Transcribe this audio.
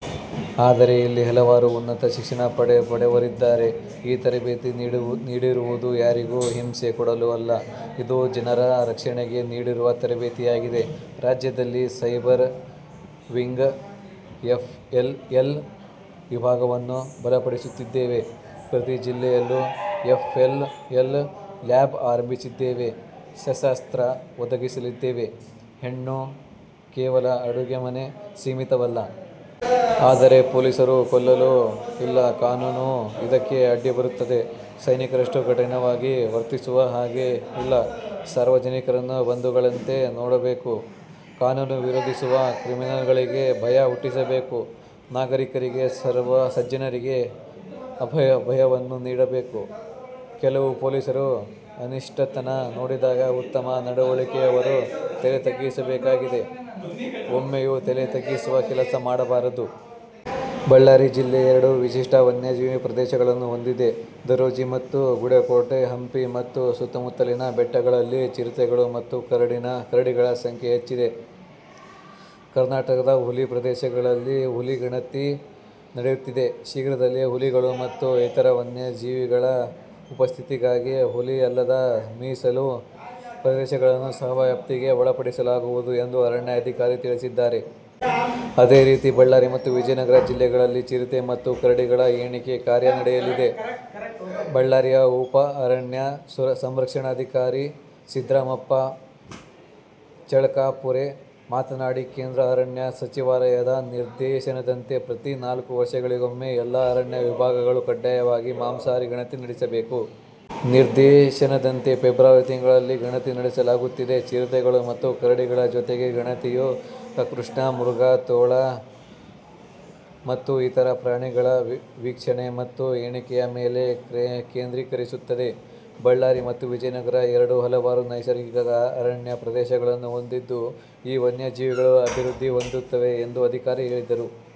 ಆದರೆ ಇಲ್ಲಿ ಹಲವರು ಉನ್ನತ ಶಿಕ್ಷಣ ಪಡೆದವರಿದ್ದಾರೆ. ಈ ತರಬೇತಿ ನೀಡಿರುವುದು ಯಾರಿಗೂ ಹಿಂಸೆ ಕೊಡಲು ಅಲ್ಲ. ಇದು ಜನರ ರಕ್ಷಣೆಗೆ ನೀಡಿರುವ ತರಬೇತಿಯಾಗಿದೆ. ರಾಜ್ಯದಲ್ಲಿ ಸೈಬರ್ ವಿಂಗ್ ಎಫ್ಎಸ್ಎಲ್ ವಿಭಾಗವನ್ನು ಬಲಪಡಿಸುತ್ತಿದ್ದೇವೆ. ಪ್ರತಿ ಜಿಲ್ಲೆಯಲ್ಲೂ ಎಫ್ಎಸ್ಎಲ್ ಲ್ಯಾಬ್ ಆರಂಭಿಸಲಿದ್ದೇವೆ, ಶಸ್ತ್ರಾಸ್ತ್ರ ಒದಗಿಸಲಿದ್ದೇವೆ. ಹೆಣ್ಣು ಕೇವಲ ಅಡುಗೆ ಮನೆಗೆ ಸೀಮಿತವಲ್ಲ. ಆದರೆ ಪೊಲೀಸರು ಕೊಲ್ಲಲು ಇಲ್ಲ ಕಾನೂನು ಇದಕ್ಕೆ ಅಡ್ಡಿಬರುತ್ತದೆ. ಸೈನಿಕರಷ್ಟು ಕಠಿಣವಾಗಿ ವರ್ತಿಸುವ ಹಾಗೆ ಇಲ್ಲ. ಸಾರ್ವಜನಿಕರನ್ನು ಬಂಧುಗಳಂತೆ ನೋಡಬೇಕು. ಕಾನೂನು ವಿರೋಧಿಸುವ ಕ್ರಿಮಿನಲ್ಗಳಿಗೆ ಭಯ ಹುಟ್ಟಿಸಬೇಕು. ನಾಗರೀಕರಿಗೆ ಸಜ್ಜನರಿಗೆ ಅಭಯವನ್ನು ನೀಡಬೇಕು. ಕೆಲವು ಪೊಲೀಸರು ಅನಿಷ್ಟತನ ನೋಡಿದಾಗ ಉತ್ತಮ ನಡವಳಿಕೆಯವರು ತಲೆ ತಗ್ಗಿಸಬೇಕಾಗಿದೆ. ಒಮ್ಮೆಯೂ ತಲೆ ತಗ್ಗಿಸುವ ಕೆಲಸ ಮಾಡಬಾರದು. ಬಳ್ಳಾರಿ ಜಿಲ್ಲೆ ಎರಡು ವಿಶಿಷ್ಟ ವನ್ಯಜೀವಿ ಪ್ರದೇಶಗಳನ್ನು ಹೊಂದಿದೆ. ದರೋಜಿ ಮತ್ತು ಗುಡೇಕೋಟೆ. ಹಂಪಿ ಮತ್ತು ಸುತ್ತಮುತ್ತಲಿನ ಬೆಟ್ಟಗಳಲ್ಲಿ ಚಿರತೆಗಳು ಮತ್ತು ಕರಡಿಗಳ ಸಂಖ್ಯೆ ಹೆಚ್ಚಿದೆ. ಕರ್ನಾಟಕದ ಹುಲಿ ಪ್ರದೇಶಗಳಲ್ಲಿ ಹುಲಿ ಗಣತಿ ನಡೆಯುತ್ತಿದೆ. ಶೀಘ್ರದಲ್ಲೇ ಹುಲಿಗಳು ಮತ್ತು ಇತರ ವನ್ಯಜೀವಿಗಳ ಉಪಸ್ಥಿತಿಗಾಗಿ ಹುಲಿ ಅಲ್ಲದ ಮೀಸಲು ಪ್ರದೇಶಗಳನ್ನು ಸಹ ವ್ಯಾಪ್ತಿಗೆ ಒಳಪಡಿಸಲಾಗುವುದು ಎಂದು ಅರಣ್ಯ ಅಧಿಕಾರಿಗಳು ತಿಳಿಸಿದ್ದಾರೆ. ಅದೇ ರೀತಿ ಬಳ್ಳಾರಿ ಮತ್ತು ವಿಜಯನಗರ ಜಿಲ್ಲೆಗಳಲ್ಲಿ ಚಿರತೆ ಮತ್ತು ಕರಡಿಗಳ ಎಣಿಕೆ ಕಾರ್ಯ ನಡೆಯಲಿದೆ. ಬಳ್ಳಾರಿಯ ಉಪ ಅರಣ್ಯ ಸಂರಕ್ಷಣಾಧಿಕಾರಿ ಸಿದ್ರಾಮಪ್ಪ ಚಳ್ಕಾಪುರೆ ಮಾತನಾಡಿ, ಕೇಂದ್ರ ಅರಣ್ಯ ಸಚಿವಾಲಯದ ನಿರ್ದೇಶನದಂತೆ ಪ್ರತಿ ನಾಲ್ಕು ವರ್ಷಗಳಿಗೊಮ್ಮೆ ಎಲ್ಲಾ ಅರಣ್ಯ ವಿಭಾಗಗಳು ಕಡ್ಡಾಯವಾಗಿ ಮಾಂಸಾಹಾರಿ ಗಣತಿ ನಡೆಸಬೇಕು. ನಿರ್ದೇಶನದಂತೆ ಫೆಬ್ರವರಿ ತಿಂಗಳಲ್ಲಿ ಗಣತಿ ನಡೆಸಲಾಗುತ್ತಿದೆ. ಚಿರತೆಗಳು ಮತ್ತು ಕರಡಿಗಳ ಜೊತೆಗೆ, ಗಣತಿಯು ಕೃಷ್ಣಮೃಗ, ತೋಳ ಮತ್ತು ಇತರ ಪ್ರಾಣಿಗಳ ವೀಕ್ಷಣೆ ಮತ್ತು ಎಣಿಕೆಯ ಮೇಲೆ ಕೇಂದ್ರೀಕರಿಸುತ್ತದೆ. ಬಳ್ಳಾರಿ ಮತ್ತು ವಿಜಯನಗರ ಎರಡೂ ಹಲವಾರು ನೈಸರ್ಗಿಕ ಅರಣ್ಯ ಪ್ರದೇಶಗಳನ್ನು ಹೊಂದಿದ್ದು, ಈ ವನ್ಯಜೀವಿಗಳು ಅಭಿವೃದ್ಧಿ ಹೊಂದುತ್ತವೆ ಎಂದು ಅಧಿಕಾರಿ ಹೇಳಿದರು.